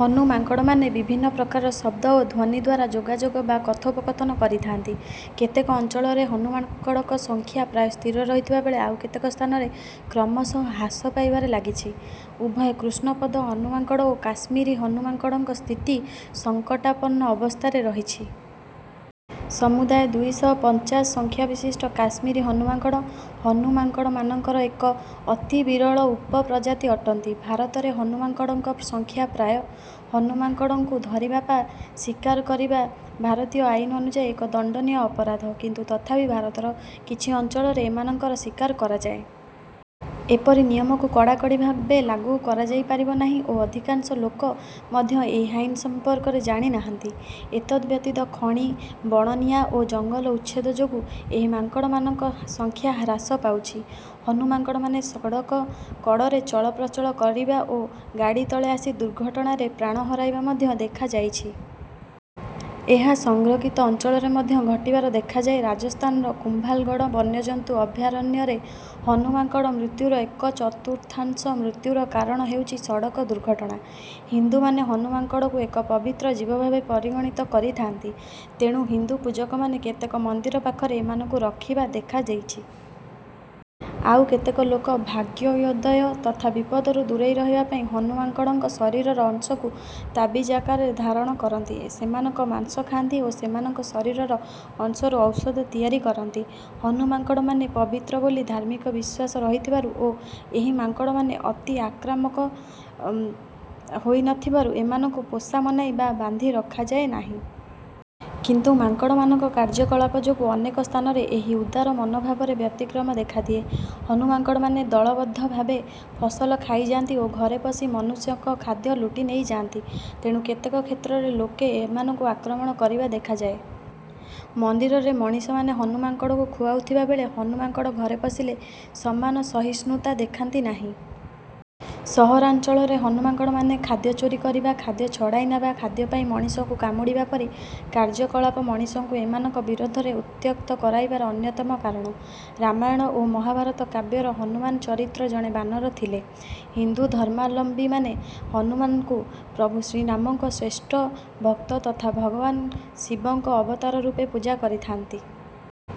ହନୁ ମାଙ୍କଡ଼ମାନେ ବିଭିନ୍ନ ପ୍ରକାରର ଶବ୍ଦ ଓ ଧ୍ୱନି ଦ୍ୱାରା ଯୋଗାଯୋଗ ବା କଥୋପକଥନ କରିଥାନ୍ତି। କେତେକ ଅଞ୍ଚଳରେ ହନୁ ମାଙ୍କଡ଼ମାନଙ୍କ ସଂଖ୍ୟା ପ୍ରାୟ ସ୍ଥିର ରହିଥିବା ବେଳେ ଆଉ କେତେକ ସ୍ଥାନରେ କ୍ରମଶଃ ହ୍ରାସ ପାଇବାରେ ଲାଗିଛି। ଉଭୟ କୃଷ୍ଣପଦ ହନୁ ମାଙ୍କଡ଼ ଓ କାଶ୍ମୀରୀ ହନୁ ମାଙ୍କଡ଼ଙ୍କ ସ୍ଥିତି ସଙ୍କଟାପନ୍ନ ଅବସ୍ଥାରେ ରହିଛି। ସମୁଦାୟ ଦୁଇ ଶହ ପାଞ୍ଚାଶ ସଂଖ୍ୟାବିଶିଷ୍ଟ କାଶ୍ମୀରୀ ହନୁ ମାଙ୍କଡ଼, ହନୁ ମାଙ୍କଡ଼ମାନଙ୍କର ଏକ ଅତି ବିରଳ ଉପପ୍ରଜାତି ଅଟନ୍ତି। ଭାରତରେ ହନୁ ମାଙ୍କଡ଼ମାନଙ୍କ ସଂଖ୍ୟା ପ୍ରାୟ। ହନୁ ମାଙ୍କଡ଼ଙ୍କୁ ଧରିବା ବା ଶିକାର କରିବା ଭାରତୀୟ ଆଇନ ଅନୁଯାୟୀ ଏକ ଦଣ୍ଡନୀୟ ଅପରାଧ, କିନ୍ତୁ ତଥାପି ଭାରତର କିଛି ଅଞ୍ଚଳରେ ଏମାନଙ୍କର ଶିକାର କରାଯାଏ। ଏପରି ନିୟମକୁ କଡ଼ାକଡ଼ି ଭାବେ ଲାଗୁ କରାଯାଇପାରିନାହିଁ ଓ ଅଧିକାଂଶ ଲୋକ ମଧ୍ୟ ଏହି ଆଇନ ସମ୍ପର୍କରେ ଜାଣିନାହାନ୍ତି। ଏତଦ ବ୍ୟତୀତ ଖଣି, ବଣନିଆଁ ଓ ଜଙ୍ଗଲ ଉଚ୍ଛେଦ ଯୋଗୁଁ ଏହି ମାଙ୍କଡ଼ମାନଙ୍କ ସଂଖ୍ୟା ହ୍ରାସ ପାଉଛି। ହନୁ ମାଙ୍କଡ଼ମାନେ ସଡ଼କ କଡ଼ରେ ଚଳପ୍ରଚଳ କରିବା ଓ ଗାଡ଼ି ତଳେ ଆସି ଦୁର୍ଘଟଣାରେ ପ୍ରାଣ ହରାଇବା ମଧ୍ୟ ଦେଖାଯାଇଛି। ଏହା ସଂରକ୍ଷିତ ଅଞ୍ଚଳରେ ମଧ୍ୟ ଘଟିବାର ଦେଖାଯାଏ, ରାଜସ୍ଥାନର କୁମ୍ଭାଲଗଡ଼ ବନ୍ୟଜନ୍ତୁ ଅଭୟାରଣ୍ୟରେ ହନୁ ମାଙ୍କଡ଼ ମୃତ୍ୟୁର ଏକ ଚତୁର୍ଥାଂଶ ମୃତ୍ୟୁର କାରଣ ହେଉଛି ସଡ଼କ ଦୁର୍ଘଟଣା। ହିନ୍ଦୁମାନେ ହନୁ ମାଙ୍କଡ଼କୁ ଏକ ପବିତ୍ର ଜୀବ ଭାବେ ପରିଗଣିତ କରିଥାନ୍ତି। ତେଣୁ ହିନ୍ଦୁ ପୂଜକମାନେ କେତେକ ମନ୍ଦିର ପାଖରେ ଏମାନଙ୍କୁ ରଖିବା ଦେଖାଯାଇଛି। ଆଉ କେତେକ ଲୋକ ଭାଗ୍ୟୋଦୟ ତଥା ବିପଦରୁ ଦୂରେଇ ରହିବା ପାଇଁ ହନୁ ମାଙ୍କଡ଼ଙ୍କ ଶରୀରର ଅଂଶକୁ ତାବିଜ ଆକାରରେ ଧାରଣ କରନ୍ତି, ସେମାନଙ୍କ ମାଂସ ଖାଆନ୍ତି ଓ ସେମାନଙ୍କ ଶରୀରର ଅଂଶରୁ ଔଷଧ ତିଆରି କରନ୍ତି। ହନୁ ମାଙ୍କଡ଼ମାନେ ପବିତ୍ର ବୋଲି ଧାର୍ମିକ ବିଶ୍ୱାସ ରହିଥିବାରୁ ଓ ଏହି ମାଙ୍କଡ଼ମାନେ ଅତି ଆକ୍ରାମକ ହୋଇନଥିବାରୁ ଏମାନଙ୍କୁ ପୋଷା ମନାଇ ବା ବାନ୍ଧି ରଖାଯାଏ ନାହିଁ। କିନ୍ତୁ ମାଙ୍କଡ଼ମାନଙ୍କ କାର୍ଯ୍ୟକଳାପ ଯୋଗୁଁ ଅନେକ ସ୍ଥାନରେ ଏହି ଉଦାର ମନୋଭାବରେ ବ୍ୟତିକ୍ରମ ଦେଖାଦିଏ। ହନୁ ମାଙ୍କଡ଼ମାନେ ଦଳବଦ୍ଧ ଭାବେ ଫସଲ ଖାଇଯାଆନ୍ତି ଓ ଘରେ ପଶି ମନୁଷ୍ୟଙ୍କ ଖାଦ୍ୟ ଲୁଟି ନେଇଯାନ୍ତି। ତେଣୁ କେତେକ କ୍ଷେତ୍ରରେ ଲୋକେ ଏମାନଙ୍କୁ ଆକ୍ରମଣ କରିବା ଦେଖାଯାଏ। ମନ୍ଦିରରେ ମଣିଷମାନେ ହନୁ ମାଙ୍କଡ଼ଙ୍କୁ ଖୁଆଉଥିବା ବେଳେ ହନୁ ମାଙ୍କଡ଼ ଘରେ ପଶିଲେ ସମାନ ସହିଷ୍ଣୁତା ଦେଖାନ୍ତି ନାହିଁ। ସହରାଞ୍ଚଳରେ ହନୁ ମାଙ୍କଡ଼ମାନେ ଖାଦ୍ୟ ଚୋରି କରିବା, ଖାଦ୍ୟ ଛଡ଼ାଇ ନେବା, ଖାଦ୍ୟ ପାଇଁ ମଣିଷଙ୍କୁ କାମୁଡ଼ିବା ପରି କାର୍ଯ୍ୟକଳାପ ମଣିଷଙ୍କୁ ଏମାନଙ୍କ ବିରୋଧରେ ଉତ୍ତ୍ୟକ୍ତ କରାଇବାର ଅନ୍ୟତମ କାରଣ। ରାମାୟଣ ଓ ମହାଭାରତ କାବ୍ୟର ହନୁମାନ ଚରିତ୍ର ଜଣେ ବାନର ଥିଲେ। ହିନ୍ଦୁ ଧର୍ମାବଲମ୍ବୀମାନେ ହନୁମାନଙ୍କୁ ପ୍ରଭୁ ଶ୍ରୀରାମଙ୍କ ଶ୍ରେଷ୍ଠ ଭକ୍ତ ତଥା ଭଗବାନ ଶିବଙ୍କ ଅବତାର ରୂପେ ପୂଜା କରିଥାନ୍ତି।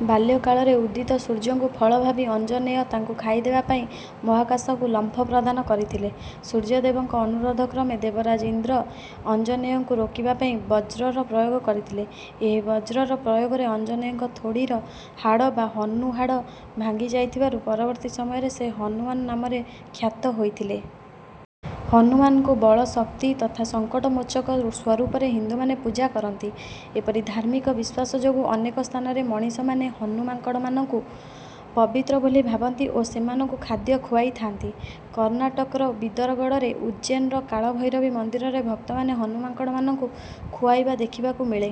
ବାଲ୍ୟକାଳରେ ଉଦିତ ସୂର୍ଯ୍ୟଙ୍କୁ ଫଳ ଭାବି ଅଞ୍ଜନେୟ ତାଙ୍କୁ ଖାଇଦେବା ପାଇଁ ମହାକାଶକୁ ଲମ୍ଫ ପ୍ରଦାନ କରିଥିଲେ। ସୂର୍ଯ୍ୟଦେବଙ୍କ ଅନୁରୋଧ କ୍ରମେ ଦେବରାଜ ଇନ୍ଦ୍ର ଅଞ୍ଜନେୟଙ୍କୁ ରୋକିବା ପାଇଁ ବଜ୍ରର ପ୍ରୟୋଗ କରିଥିଲେ। ଏହି ବଜ୍ରର ପ୍ରୟୋଗରେ ଅଞ୍ଜନେୟଙ୍କ ଥୋଡ଼ିର ହାଡ଼ ବା ହନୁ ହାଡ଼ ଭାଙ୍ଗିଯାଇଥିବାରୁ ପରବର୍ତ୍ତୀ ସମୟରେ ସେ ହନୁମାନ ନାମରେ ଖ୍ୟାତ ହୋଇଥିଲେ। ହନୁମାନଙ୍କୁ ବଳ, ଶକ୍ତି ତଥା ସଙ୍କଟମୋଚକ ସ୍ୱରୂପରେ ହିନ୍ଦୁମାନେ ପୂଜା କରନ୍ତି। ଏପରି ଧାର୍ମିକ ବିଶ୍ୱାସ ଯୋଗୁଁ ଅନେକ ସ୍ଥାନରେ ମଣିଷମାନେ ହନୁ ମାଙ୍କଡ଼ମାନଙ୍କୁ ପବିତ୍ର ବୋଲି ଭାବନ୍ତି ଓ ସେମାନଙ୍କୁ ଖାଦ୍ୟ ଖୁଆଇଥାନ୍ତି। କର୍ଣ୍ଣାଟକର ବିଦର ଗଡ଼ରେ, ଉଜ୍ଜୈନର କାଳଭୈରବୀ ମନ୍ଦିରରେ ଭକ୍ତମାନେ ହନୁ ମାଙ୍କଡ଼ମାନଙ୍କୁ ଖୁଆଇବା ଦେଖିବାକୁ ମିଳେ।